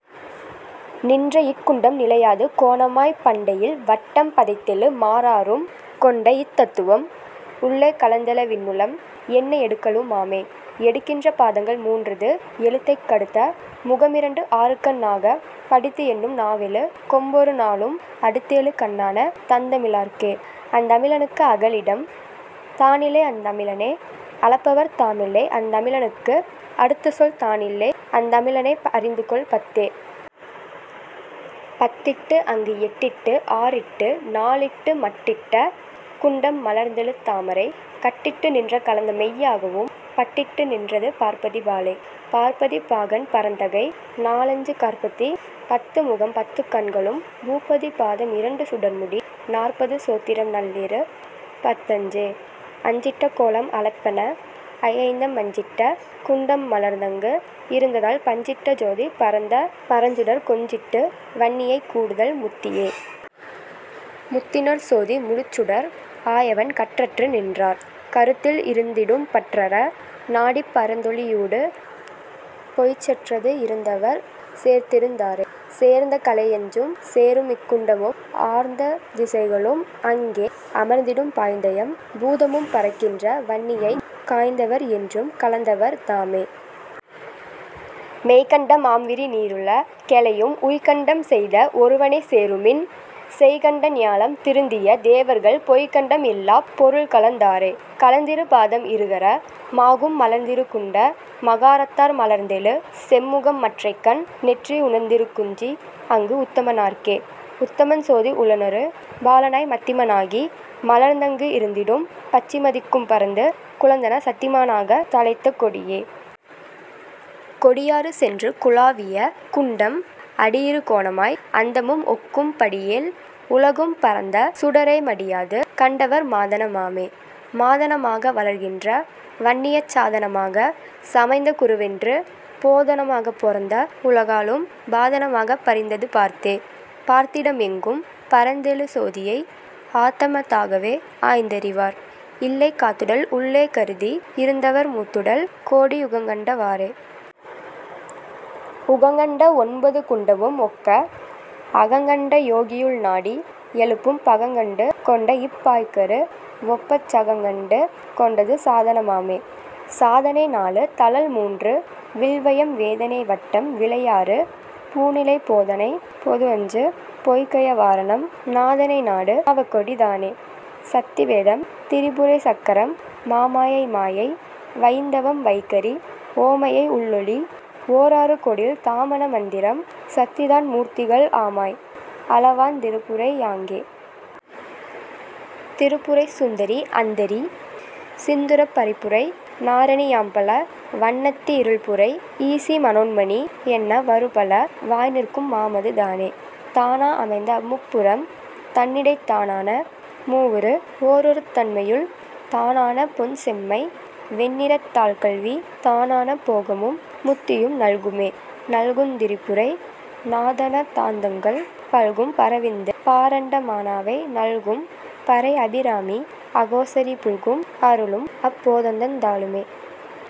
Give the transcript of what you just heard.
நின்றஇக் குண்டம் நிலையாது கோணமாய்ப் பண்டையில் வட்டம் பதைத்தெழு மாறாறும் கொண்டஇத் தத்துவம் உள்ளே கலந்தெழ விண்ணுளம் என்ன எடுக்கலு மாமே. எடுக்கின்ற பாதங்கள் மூன்றது எழுத்தைக் கடுத்த முகம்இரண்டு ஆறுகண் ஆகப் படித்துஎண்ணும் நாவெழு கொம்பொரு நாலும் அடுத்தெழு கண்ணான தந்தமி லாற்கே. அந்தமில் லனுக்கு அகலிடம் தானில்லை அந்தமில் லனை அளப்பவர் தாமில்லை அந்தமில் லனுக்கு அடுத்தசொல் தானில்லை அந்தமில் லனை அறிந்துகொள் பத்தே. பத்திட்டுஅங்கு எட்டிட்டு ஆறிட்டு நாலிட்டு மட்டிட்ட குண்டம் மலர்ந்தெழு தாமரை கட்டிட்டு நின்று கலந்தமெய் யாகவும் பட்டிட்டு நின்றது பார்ப்பதி பாலே. பார்ப்பதி பாகன் பரந்தகை நால்ஐஞ்சு காற்பத்தி பத்து முகம்பத்துக் கண்களும் பூப்பதி பாதம் இரண்டு சுடர்முடி நாற்பது சோத்திரம் நல்லிரு பத்தஞ்சே. அஞ்சிட்ட கோலம் அளப்பன ஐஐந்தம் மஞ்சிட்ட குண்டம் மலர்ந்தங்கு இருந்தலால் பஞ்சிட்ட சோதி பரந்த பரஞ்சுடர் கொஞ்சிட்டு வன்னியைக் கூடுதல் முத்தியே. முத்திநற் சோதி முழுச்சுடர் ஆயவன் கற்றற்று நின்றார் கருத்துள் இருந்திடும் பற்றற நாடிப் பரந்தொளி யூடு போய்ச் செற்றற்து இருந்தவர் சேர்ந்திருந் தாரே. சேர்ந்த கலையஞ்சும் சேரும்இக் குண்டமும் ஆர்ந்த திசைகளும் அங்கே அமர்ந்திடும் பாய்ந்தஐம் பூதமும் பரக்கின்ற வன்னியைக் காய்ந்தவர் என்றும் கலந்தவர் தாமே. மெய்கண்ட மாம்விரி நீருல கெழையும் உய்கண்டம் செய்த ஒருவனைச் சேருமின் செய்கண்ட ஞாலம் திருந்திய தேவர்கள் பொய்கண்டம் இல்லாப் பொருள்கலந் தாரே. கலந்திரு பாதம் இருகர மாகும் மலர்ந்திரு குண்ட மகாரத்தார் மலர்ந்தெழு செம்முகம் மற்றைக்கண் நெற்றி உணர்ந்திரு குஞ்சி அங்கு உத்தம னார்க்கே. உத்தமன் சோதி உளனொரு பாலனாய் மத்திம னாகி மலர்ந்தங்கு இருந்திடும் பச்சிம திக்கும் பரந்து குழந்தன சத்திமா னாகத் தழைத்த கொடியே. கொடியாறு சென்று குலாவிய குண்டம் அடியிரு கோணமாய் அந்தமும் ஒக்கும் படிஏழ் உலகும் பரந்த சுடரை மடியாது கண்டவர் மாதன மாமே. மாதன மாக வளர்கின்ற வன்னியைச் சாதன மாகச் சமைந்த குருவென்று போதன மாகப் பொருந்த உலகாளும் பாதன மாகப் பரிந்தது பார்த்தே. பார்த்திடம் எங்கும் பரந்தெழு சோதியை ஆத்தம தாகவே ஆய்ந்தறி வார் இல்லை காத்துடல் உள்ளே கருதி இருந்தவர் மூத்துடல் கோடி யுகங்கண்ட வாறே. உகங்கண்ட ஒன்பது குண்டமும் ஒக்க அகங்கண்ட யோகியுள் நாடி எழுப்பும் பகங்கண்டு கொண்டஇப் பாய்கரு வொப்பச் சகங்கண்டு கொண்டது சாதன மாமே. சாதனை நாலு தழல்மூன்று வில்வயம் வேதனை வட்டம் விளையாறு பூநிலை போதனை பொதுஐஞ்சு பொய்கய வாரணம் நாதனை நாடு நவகோடி தானே.. சத்தி பேதம் திரிபுரை சக்கரம் மாமாயை மாயை வயிந்தவம் வைகரி ஓமயை உள்ளொளி ஓராறு கோடியில் தாமான மந்திரம் சத்திதான் மூர்த்திகள் ஆமாய் அலவாந் திரிபுரை யாங்கே. திரிபுரை சுந்தரி அந்தரி சிந்துரப் பரிபுரை நாரணி யாம்பல வன்னத்தி இருள்புரை ஈசி மனோன்மனி என்ன வருபல வாய்நிற்கும் மாமது தானே. தானா அமைந்தஅம் முப்புரம் தன்னிடைத் தானான மூவுரு ஓருருத் தன்மையுள் தானான பொன்செம்மை வெண்ணிறத் தாள்கல்வி தானான போகமும் முத்தியும் நல்குமே. நல்குந் திரிபுரை நாதநா தாந்தங்கள் பல்கும் பரவிந்து பாரண்ட மானவை நல்கும் பரைஅபி ராமி அகோசரி புல்கும் அருளும்அப் போதந்தந் தாளுமே.